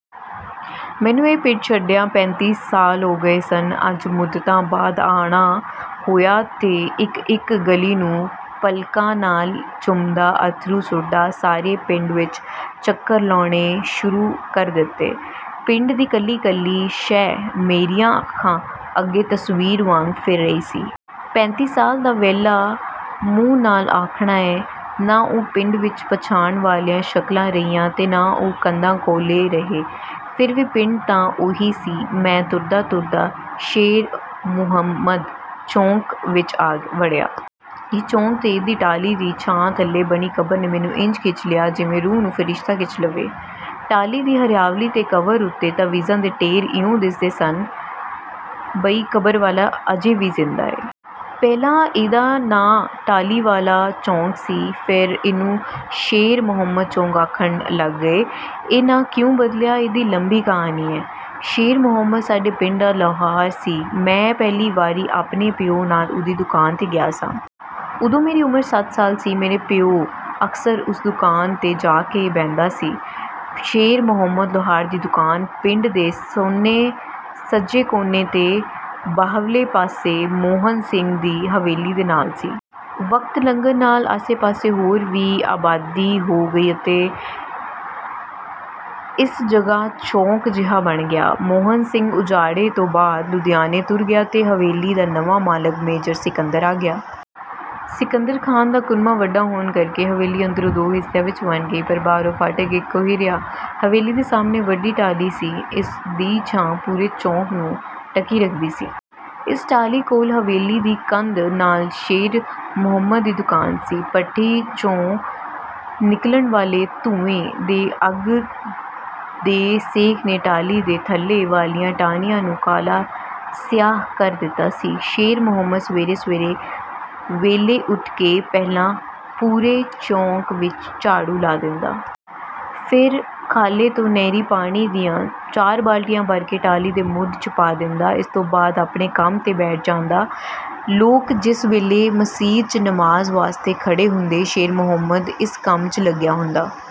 ਮੈਨੂੰ ਇਹ ਪਿੰਡ ਛੱਡਿਆਂ ਪੈਂਤੀ ਸਾਲ ਹੋ ਗਏ ਸਨ। ਅੱਜ ਮੁੱਦਤਾਂ ਬਾਅਦ ਆਉਣਾ ਹੋਇਆ ਤੇ ਇਕ-ਇਕ ਗਲੀ ਨੂੰ ਪਲਕਾਂ ਨਾਲ ਚੁੰਮਦਾ, ਅੱਥਰੂ ਸੁੱਟਦਾ, ਸਾਰੇ ਪਿੰਡ ਵਿਚ ਚੱਕਰ ਲਾਉਣੇ ਸ਼ੁਰੂ ਕਰ ਦਿੱਤੇ। ਪਿੰਡ ਦੀ ਕੱਲੀ-ਕੱਲੀ ਸ਼ੈਅ ਮੇਰੀਆਂ ਅੱਖਾਂ ਅੱਗੇ ਤਸਵੀਰ ਵਾਂਗ ਫਿਰ ਰਹੀ ਸੀ। ਪੈਂਤੀ ਸਾਲ ਦਾ ਵੇਲਾ ਮੂੰਹ ਨਾਲ ਆਖਣਾ ਏ। ਨਾ ਉਹ ਪਿੰਡ ਵਿਚ ਪਛਾਣ ਵਾਲੀਆਂ ਸ਼ਕਲਾਂ ਰਹੀਆਂ ਤੇ ਨਾ ਉਹ ਕੰਧਾਂ-ਕੌਲੇ ਰਹੇ, ਫਿਰ ਵੀ ਪਿੰਡ ਤਾਂ ਉਹੀ ਸੀ। ਮੈਂ ਤੁਰਦਾ-ਤੁਰਦਾ ਸ਼ੇਰ ਮੁਹੰਮਦ ਚੌਕ ਵਿਚ ਆ ਵੜਿਆ। ਇਹ ਚੌਕ ਤੇ ਇਹਦੀ ਟਾਹਲੀ ਦੀ ਛਾਂ ਥੱਲੇ ਬਣੀ ਕਬਰ ਨੇ ਮੈਨੂੰ ਇੰਜ ਖਿੱਚ ਲਿਆ, ਜਿਵੇਂ ਰੂਹ ਨੂੰ ਫਰਿਸ਼ਤਾ ਖਿੱਚ ਲਵੇ। ਟਾਹਲੀ ਦੀ ਹਰਿਆਵਲੀ ਤੇ ਕਬਰ ਉੱਤੇ ਤਾਵੀਜ਼ਾਂ ਦੇ ਢੇਰ ਇਉਂ ਦਿਸਦੇ ਸਨ, ਬਈ ਕਬਰ ਵਾਲਾ ਅਜੇ ਵੀ ਜ਼ਿੰਦਾ ਏ। ਪਹਿਲਾਂ ਇਹਦਾ ਨਾਂ ਟਾਹਲੀ ਵਾਲਾ ਚੌਕ ਸੀ, ਫਿਰ ਇਹਨੂੰ ਸ਼ੇਰ ਮੁਹੰਮਦ ਚੌਕ ਆਖਣ ਲੱਗ ਪਏ। ਇਹ ਨਾਂ ਕਿਉਂ ਬਦਲਿਆ, ਇਹਦੀ ਲੰਬੀ ਕਹਾਣੀ ਏ। ਸ਼ੇਰ ਮੁਹੰਮਦ ਸਾਡੇ ਪਿੰਡ ਦਾ ਲੁਹਾਰ ਸੀ। ਮੈਂ ਪਹਿਲੀ ਵਾਰੀ ਆਪਣੇ ਪਿਓ ਨਾਲ ਉਹਦੀ ਦੁਕਾਨ 'ਤੇ ਗਿਆ ਸਾਂ। ਉਦੋਂ ਮੇਰੀ ਉਮਰ ਸੱਤ ਸਾਲ ਸੀ। ਮੇਰਾ ਪਿਓ ਅਕਸਰ ਉਸ ਦੁਕਾਨ 'ਤੇ ਜਾ ਕੇ ਬਹਿੰਦਾ ਸੀ। ਸ਼ੇਰ ਮੁਹੰਮਦ ਲੁਹਾਰ ਦੀ ਦੁਕਾਨ ਪਿੰਡ ਦੇ ਸੱਜੇ ਕੋਨੇ 'ਤੇ, ਬਾਹਰਲੇ ਪਾਸੇ, ਮੋਹਨ ਸਿੰਘ ਦੀ ਹਵੇਲੀ ਦੇ ਨਾਲ ਸੀ। ਵਕਤ ਲੰਘਣ ਨਾਲ ਆਸੇ-ਪਾਸੇ ਹੋਰ ਵੀ ਆਬਾਦੀ ਹੋ ਗਈ ਤੇ ਇਸ ਜਗ੍ਹਾ ਚੌਕ ਜਿਹਾ ਬਣ ਗਿਆ। ਮੋਹਨ ਸਿੰਘ ਉਜਾੜੇ ਤੋਂ ਬਾਅਦ ਲੁਧਿਆਣੇ ਤੁਰ ਗਿਆ ਤੇ ਹਵੇਲੀ ਦਾ ਨਵਾਂ ਮਾਲਕ ਮੇਜਰ ਸਿਕੰਦਰ ਆ ਗਿਆ। ਸਿਕੰਦਰ ਖਾਂ ਦਾ ਕੁਨਬਾ ਵੱਡਾ ਹੋਣ ਕਰਕੇ ਹਵੇਲੀ ਅੰਦਰੋਂ ਦੋ ਹਿੱਸਿਆਂ ਵਿਚ ਵੰਡੀ ਗਈ, ਪਰ ਬਾਹਰੋਂ ਫਾਟਕ ਇਕੋ ਹੀ ਰਿਹਾ। ਹਵੇਲੀ ਦੇ ਸਾਹਮਣੇ ਵੱਡੀ ਟਾਹਲੀ ਸੀ। ਇਸ ਦੀ ਛਾਂ ਪੂਰੇ ਚੌਕ ਨੂੰ ਢਕੀ ਰੱਖਦੀ ਸੀ। ਇਸ ਟਾਹਲੀ ਕੋਲ ਹਵੇਲੀ ਦੀ ਕੰਧ ਨਾਲ ਸ਼ੇਰ ਮੁਹੰਮਦ ਦੀ ਦੁਕਾਨ ਸੀ। ਭੱਠੀ 'ਚੋਂ ਨਿਕਲਣ ਵਾਲੇ ਧੂੰਏਂ ਤੇ ਅੱਗ ਦੇ ਸੇਕ ਨੇ ਟਾਹਲੀ ਦੇ ਥੱਲੇ ਵਾਲੀਆਂ ਟਾਹਣੀਆਂ ਨੂੰ ਕਾਲਾ-ਸਿਆਹ ਕਰ ਦਿੱਤਾ ਸੀ। ਸ਼ੇਰ ਮੁਹੰਮਦ ਸਵੇਰੇ ਸਵੇਰੇ ਵੇਲੇ ਉੱਠ ਕੇ ਪਹਿਲਾਂ ਪੂਰੇ ਚੌਕ ਵਿਚ ਝਾੜੂ ਲਾ ਦਿੰਦਾ। ਫਿਰ ਖਾਲੇ ਤੋਂ ਨਹਿਰੀ ਪਾਣੀ ਦੀਆਂ ਚਾਰ ਬਾਲਟੀਆਂ ਭਰ ਕੇ ਟਾਹਲੀ ਦੇ ਮੁੱਢ 'ਚ ਪਾ ਦਿੰਦਾ। ਇਸ ਤੋਂ ਬਾਅਦ ਆਪਣੇ ਕੰਮ 'ਤੇ ਬੈਠ ਜਾਂਦਾ। ਲੋਕ ਜਿਸ ਵੇਲੇ ਮਸੀਤ 'ਚ ਨਮਾਜ਼ ਵਾਸਤੇ ਖੜ੍ਹੇ ਹੁੰਦੇ, ਸ਼ੇਰ ਮੁਹੰਮਦ ਇਸ ਕੰਮ 'ਚ ਲੱਗਿਆ ਹੁੰਦਾ।